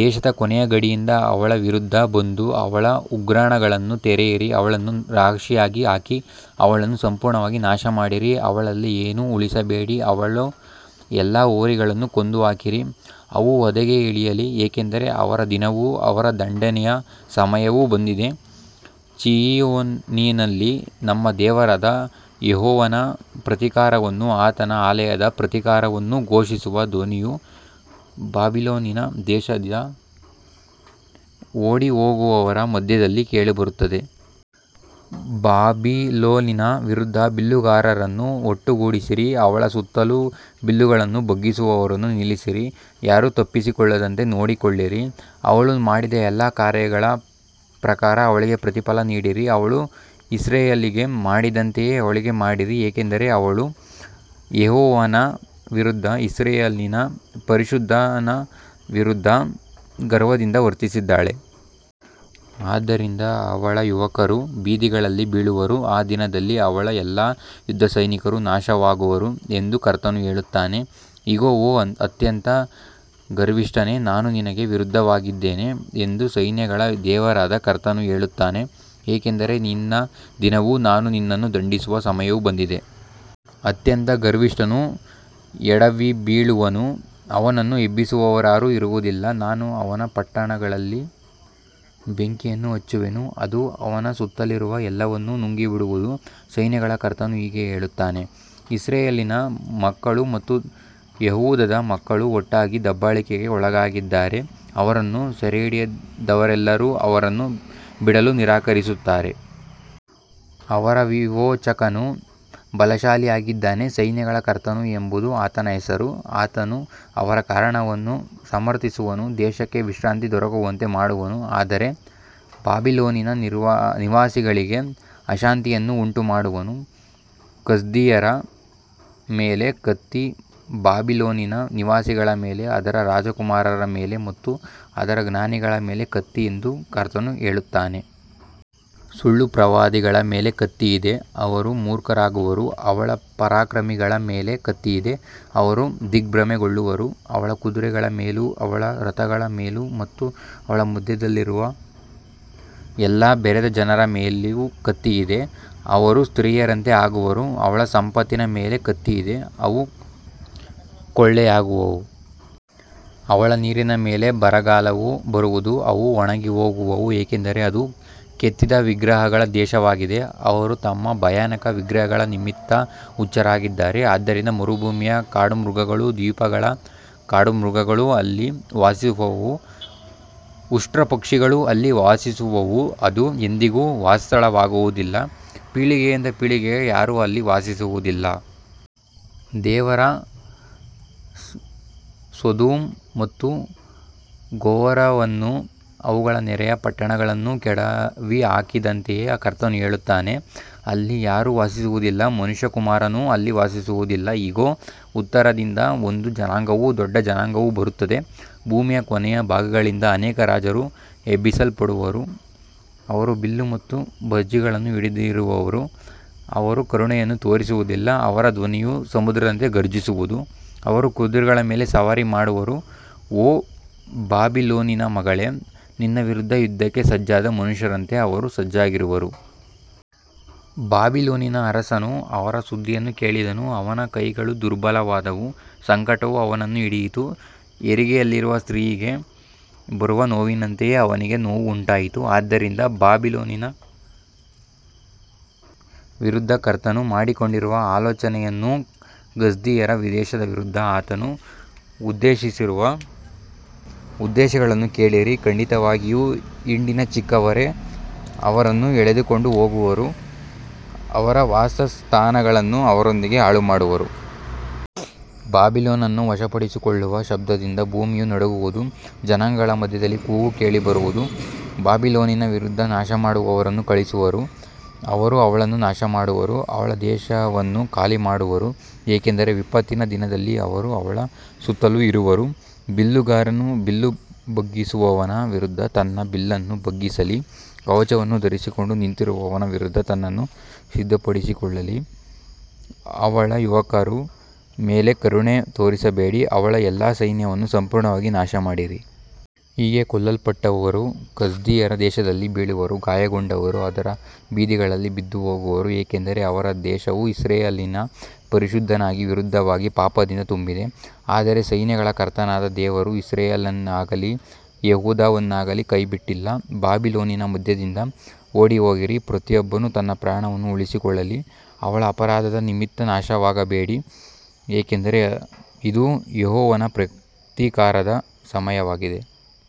ದೇಶದ ಕೊನೆಯ ಗಡಿಯಿಂದ ಅವಳ ವಿರುದ್ಧ ಬಂದು ಅವಳ ಉಗ್ರಾಣಗಳನ್ನು ತೆರೆಯಿರಿ, ಅವಳನ್ನು ರಾಶಿಯಾಗಿ ಹಾಕಿ, ಅವಳನ್ನು ಸಂಪೂರ್ಣವಾಗಿ ನಾಶಮಾಡಿರಿ, ಅವಳಲ್ಲಿ ಏನನ್ನೂ ಉಳಿಸಬೇಡಿ. ಅವಳ ಎಲ್ಲಾ ಹೋರಿಗಳನ್ನು ಕೊಂದುಹಾಕಿರಿ, ಅವು ವಧೆಗೆ ಇಳಿಯಲಿ, ಏಕೆಂದರೆ ಅವರ ದಿನವೂ ಅವರ ದಂಡನೆಯ ಸಮಯವೂ ಬಂದಿದೆ. ಚೀಯೋನಿನಲ್ಲಿ ನಮ್ಮ ದೇವರಾದ ಯೆಹೋವನ ಪ್ರತೀಕಾರವನ್ನೂ ಆತನ ಆಲಯದ ಪ್ರತೀಕಾರವನ್ನೂ ಘೋಷಿಸುವ ಧ್ವನಿಯು ಬಾಬಿಲೋನಿನ ದೇಶದಿಂದ ಓಡಿಹೋಗುವವರ ಮಧ್ಯದಲ್ಲಿ ಕೇಳಿಬರುತ್ತದೆ. ಬಾಬಿಲೋನಿನ ವಿರುದ್ಧ ಬಿಲ್ಲುಗಾರರನ್ನು ಒಟ್ಟುಗೂಡಿಸಿರಿ, ಅವಳ ಸುತ್ತಲೂ ಬಿಲ್ಲುಗಳನ್ನು ಬಗ್ಗಿಸುವವರನ್ನು ನಿಲ್ಲಿಸಿರಿ, ಯಾರೂ ತಪ್ಪಿಸಿಕೊಳ್ಳದಂತೆ ನೋಡಿಕೊಳ್ಳಿರಿ, ಅವಳು ಮಾಡಿದ ಎಲ್ಲಾ ಕಾರ್ಯಗಳ ಪ್ರಕಾರ ಅವಳಿಗೆ ಪ್ರತಿಫಲ ನೀಡಿರಿ, ಅವಳು ಇಸ್ರಾಯೇಲಿಗೆ ಮಾಡಿದಂತೆಯೇ ಅವಳಿಗೆ ಮಾಡಿರಿ, ಏಕೆಂದರೆ ಅವಳು ಯೆಹೋವನ ವಿರುದ್ಧ, ಇಸ್ರಾಯೇಲಿನ ಪರಿಶುದ್ಧನ ವಿರುದ್ಧ ಗರ್ವದಿಂದ ವರ್ತಿಸಿದ್ದಾಳೆ. ಆದ್ದರಿಂದ ಅವಳ ಯುವಕರು ಬೀದಿಗಳಲ್ಲಿ ಬೀಳುವರು, ಆ ದಿನದಲ್ಲಿ ಅವಳ ಎಲ್ಲಾ ಯುದ್ಧಸೈನಿಕರು ನಾಶವಾಗುವರು ಎಂದು ಕರ್ತನು ಹೇಳುತ್ತಾನೆ. ಇಗೋ, ಓ ಅತ್ಯಂತ ಗರ್ವಿಷ್ಠನೇ, ನಾನು ನಿನಗೆ ವಿರುದ್ಧವಾಗಿದ್ದೇನೆ ಎಂದು ಸೈನ್ಯಗಳ ದೇವರಾದ ಕರ್ತನು ಹೇಳುತ್ತಾನೆ, ಏಕೆಂದರೆ ನಿನ್ನ ದಿನವೂ ನಾನು ನಿನ್ನನ್ನು ದಂಡಿಸುವ ಸಮಯವೂ ಬಂದಿದೆ. ಅತ್ಯಂತ ಗರ್ವಿಷ್ಠನು ಎಡವಿಬೀಳುವನು, ಅವನನ್ನು ಎಬ್ಬಿಸುವವರಾರು ಇರುವುದಿಲ್ಲ, ನಾನು ಅವನ ಪಟ್ಟಣಗಳಲ್ಲಿ ಬೆಂಕಿಯನ್ನು ಹಚ್ಚುವೆನು, ಅದು ಅವನ ಸುತ್ತಲಿರುವ ಎಲ್ಲವನ್ನೂ ನುಂಗಿಬಿಡುವುದು. ಸೈನ್ಯಗಳ ಕರ್ತನು ಹೀಗೆ ಹೇಳುತ್ತಾನೆ, ಇಸ್ರಾಯೇಲಿನ ಮಕ್ಕಳು ಮತ್ತು ಯೆಹೂದದ ಮಕ್ಕಳು ಒಟ್ಟಾಗಿ ದಬ್ಬಾಳಿಕೆಗೆ ಒಳಗಾಗಿದ್ದಾರೆ, ಅವರನ್ನು ಸೆರೆಹಿಡಿದವರೆಲ್ಲರೂ ಅವರನ್ನು ಬಿಡಲು ನಿರಾಕರಿಸುತ್ತಾರೆ. ಅವರ ವಿಮೋಚಕನು ಬಲಶಾಲಿಯಾಗಿದ್ದಾನೆ, ಸೈನ್ಯಗಳ ಕರ್ತನು ಎಂಬುದು ಆತನ ಹೆಸರು, ಆತನು ಅವರ ಕಾರಣವನ್ನು ಸಮರ್ಥಿಸುವನು, ದೇಶಕ್ಕೆ ವಿಶ್ರಾಂತಿ ದೊರಕುವಂತೆ ಮಾಡುವನು, ಆದರೆ ಬಾಬಿಲೋನಿನ ನಿವಾಸಿಗಳಿಗೆ ಅಶಾಂತಿಯನ್ನು ಉಂಟುಮಾಡುವನು. ಕಸ್ದೀಯರ ಮೇಲೆ ಕತ್ತಿ, ಬಾಬಿಲೋನಿನ ನಿವಾಸಿಗಳ ಮೇಲೆ, ಅದರ ರಾಜಕುಮಾರರ ಮೇಲೆ ಮತ್ತು ಅದರ ಜ್ಞಾನಿಗಳ ಮೇಲೆ ಕತ್ತಿ ಎಂದು ಕರ್ತನು ಹೇಳುತ್ತಾನೆ. ಸುಳ್ಳು ಪ್ರವಾದಿಗಳ ಮೇಲೆ ಕತ್ತಿಯಿದೆ, ಅವರು ಮೂರ್ಖರಾಗುವರು. ಅವಳ ಪರಾಕ್ರಮಿಗಳ ಮೇಲೆ ಕತ್ತಿಯಿದೆ, ಅವರು ದಿಗ್ಭ್ರಮೆಗೊಳ್ಳುವರು. ಅವಳ ಕುದುರೆಗಳ ಮೇಲೂ ಅವಳ ರಥಗಳ ಮೇಲೂ ಮತ್ತು ಅವಳ ಮಧ್ಯದಲ್ಲಿರುವ ಎಲ್ಲಾ ಬೆರೆತ ಜನರ ಮೇಲೂ ಕತ್ತಿಯಿದೆ, ಅವರು ಸ್ತ್ರೀಯರಂತೆ ಆಗುವರು. ಅವಳ ಸಂಪತ್ತಿನ ಮೇಲೆ ಕತ್ತಿಯಿದೆ, ಅವು ಕೊಳ್ಳೆಯಾಗುವವು. ಅವಳ ನೀರಿನ ಮೇಲೆ ಬರಗಾಲವು ಬರುವುದು, ಅವು ಒಣಗಿಹೋಗುವವು, ಏಕೆಂದರೆ ಅದು ಕೆತ್ತಿದ ವಿಗ್ರಹಗಳ ದೇಶವಾಗಿದೆ, ಅವರು ತಮ್ಮ ಭಯಾನಕ ವಿಗ್ರಹಗಳ ನಿಮಿತ್ತ ಹುಚ್ಚರಾಗಿದ್ದಾರೆ. ಆದ್ದರಿಂದ ಮರುಭೂಮಿಯ ಕಾಡುಮೃಗಗಳೂ ದ್ವೀಪಗಳ ಕಾಡುಮೃಗಗಳೂ ಅಲ್ಲಿ ವಾಸಿಸುವವು, ಉಷ್ಟ್ರಪಕ್ಷಿಗಳೂ ಅಲ್ಲಿ ವಾಸಿಸುವವು, ಅದು ಎಂದಿಗೂ ವಾಸಸ್ಥಳವಾಗುವುದಿಲ್ಲ, ಪೀಳಿಗೆಯಿಂದ ಪೀಳಿಗೆಗೂ ಯಾರೂ ಅಲ್ಲಿ ವಾಸಿಸುವುದಿಲ್ಲ. ದೇವರು ಸೊದೋಮ್ ಮತ್ತು ಗೊಮೋರವನ್ನೂ ಅವುಗಳ ನೆರೆಯ ಪಟ್ಟಣಗಳನ್ನೂ ಕೆಡವಿಹಾಕಿದಂತೆಯೇ ಕರ್ತನು ಹೇಳುತ್ತಾನೆ, ಅಲ್ಲಿ ಯಾರೂ ವಾಸಿಸುವುದಿಲ್ಲ, ಮನುಷ್ಯಕುಮಾರನೂ ಅಲ್ಲಿ ವಾಸಿಸುವುದಿಲ್ಲ. ಇಗೋ, ಉತ್ತರದಿಂದ ಒಂದು ಜನಾಂಗವೂ ದೊಡ್ಡ ಜನಾಂಗವೂ ಬರುತ್ತವೆ, ಭೂಮಿಯ ಕೊನೆಯ ಭಾಗಗಳಿಂದ ಅನೇಕ ರಾಜರು ಎಬ್ಬಿಸಲ್ಪಡುವರು. ಅವರು ಬಿಲ್ಲು ಮತ್ತು ಭರ್ಜಿಗಳನ್ನು ಹಿಡಿದಿರುವರು, ಅವರು ಕರುಣೆಯನ್ನು ತೋರಿಸುವುದಿಲ್ಲ, ಅವರ ಧ್ವನಿಯು ಸಮುದ್ರದಂತೆ ಘರ್ಜಿಸುವುದು, ಅವರು ಕುದುರೆಗಳ ಮೇಲೆ ಸವಾರಿ ಮಾಡುವರು, ಓ ಬಾಬಿಲೋನಿನ ಮಗಳೇ, ನಿನ್ನ ವಿರುದ್ಧ ಯುದ್ಧಕ್ಕೆ ಸಜ್ಜಾದ ಮನುಷ್ಯರಂತೆ ಅವರು ಸಜ್ಜಾಗಿರುವರು. ಬಾಬಿಲೋನಿನ ಅರಸನು ಅವರ ಸುದ್ದಿಯನ್ನು ಕೇಳಿದನು, ಅವನ ಕೈಗಳು ದುರ್ಬಲವಾದವು, ಸಂಕಟವು ಅವನನ್ನು ಹಿಡಿಯಿತು, ಹೆರಿಗೆಯಲ್ಲಿರುವ ಸ್ತ್ರೀಯಿಗೆ ಬರುವ ನೋವಿನಂತೆಯೇ ಅವನಿಗೆ ನೋವು ಉಂಟಾಯಿತು. ಆದ್ದರಿಂದ ಬಾಬಿಲೋನಿನ ವಿರುದ್ಧ ಕರ್ತನು ಮಾಡಿಕೊಂಡಿರುವ ಆಲೋಚನೆಯನ್ನೂ ಕಸ್ದೀಯರ ದೇಶದ ವಿರುದ್ಧ ಆತನು ಉದ್ದೇಶಿಸಿರುವ ಉದ್ದೇಶಗಳನ್ನೂ ಕೇಳಿರಿ, ಖಂಡಿತವಾಗಿಯೂ ಹಿಂಡಿನ ಚಿಕ್ಕವರೇ ಅವರನ್ನು ಎಳೆದುಕೊಂಡು ಹೋಗುವರು, ಅವರ ವಾಸಸ್ಥಾನಗಳನ್ನು ಅವರೊಂದಿಗೆ ಹಾಳುಮಾಡುವರು. ಬಾಬಿಲೋನನ್ನು ವಶಪಡಿಸಿಕೊಳ್ಳುವ ಶಬ್ದದಿಂದ ಭೂಮಿಯು ನಡುಗುವುದು, ಜನಾಂಗಗಳ ಮಧ್ಯದಲ್ಲಿ ಕೂಗು ಕೇಳಿಬರುವುದು. ಬಾಬಿಲೋನಿನ ವಿರುದ್ಧ ನಾಶಮಾಡುವವರನ್ನು ಕಳುಹಿಸುವರು, ಅವರು ಅವಳನ್ನು ನಾಶಮಾಡುವರು, ಅವಳ ದೇಶವನ್ನು ಖಾಲಿಮಾಡುವರು, ಏಕೆಂದರೆ ವಿಪತ್ತಿನ ದಿನದಲ್ಲಿ ಅವರು ಅವಳ ಸುತ್ತಲೂ ಇರುವರು. ಬಿಲ್ಲುಗಾರನು ಬಿಲ್ಲು ಬಗ್ಗಿಸುವವನ ವಿರುದ್ಧ ತನ್ನ ಬಿಲ್ಲನ್ನು ಬಗ್ಗಿಸಲಿ, ಕವಚವನ್ನು ಧರಿಸಿಕೊಂಡು ನಿಂತಿರುವವನ ವಿರುದ್ಧ ತನ್ನನ್ನು ಸಿದ್ಧಪಡಿಸಿಕೊಳ್ಳಲಿ, ಅವಳ ಯುವಕರ ಮೇಲೆ ಕರುಣೆ ತೋರಿಸಬೇಡಿ, ಅವಳ ಎಲ್ಲಾ ಸೈನ್ಯವನ್ನು ಸಂಪೂರ್ಣವಾಗಿ ನಾಶಮಾಡಿರಿ. ಹೀಗೆ ಕೊಲ್ಲಲ್ಪಟ್ಟವರು ಕಸ್ದೀಯರ ದೇಶದಲ್ಲಿ ಬೀಳುವರು, ಗಾಯಗೊಂಡವರು ಅದರ ಬೀದಿಗಳಲ್ಲಿ ಬಿದ್ದುಹೋಗುವರು, ಏಕೆಂದರೆ ಅವರ ದೇಶವು ಇಸ್ರಾಯೇಲಿನ ಪರಿಶುದ್ಧನಿಗೆ ವಿರುದ್ಧವಾಗಿ ಪಾಪದಿಂದ ತುಂಬಿದೆ. ಆದರೆ ಸೈನ್ಯಗಳ ಕರ್ತನಾದ ದೇವರು ಇಸ್ರಾಯೇಲನ್ನಾಗಲಿ ಯೆಹೂದವನ್ನಾಗಲಿ ಕೈಬಿಟ್ಟಿಲ್ಲ. ಬಾಬಿಲೋನಿನ ಮಧ್ಯದಿಂದ ಓಡಿಹೋಗಿರಿ, ಪ್ರತಿಯೊಬ್ಬನು ತನ್ನ ಪ್ರಾಣವನ್ನು ಉಳಿಸಿಕೊಳ್ಳಲಿ, ಅವಳ ಅಪರಾಧದ ನಿಮಿತ್ತ ನಾಶವಾಗಬೇಡಿ, ಏಕೆಂದರೆ ಇದು ಯೆಹೋವನ ಪ್ರತೀಕಾರದ ಸಮಯವಾಗಿದೆ.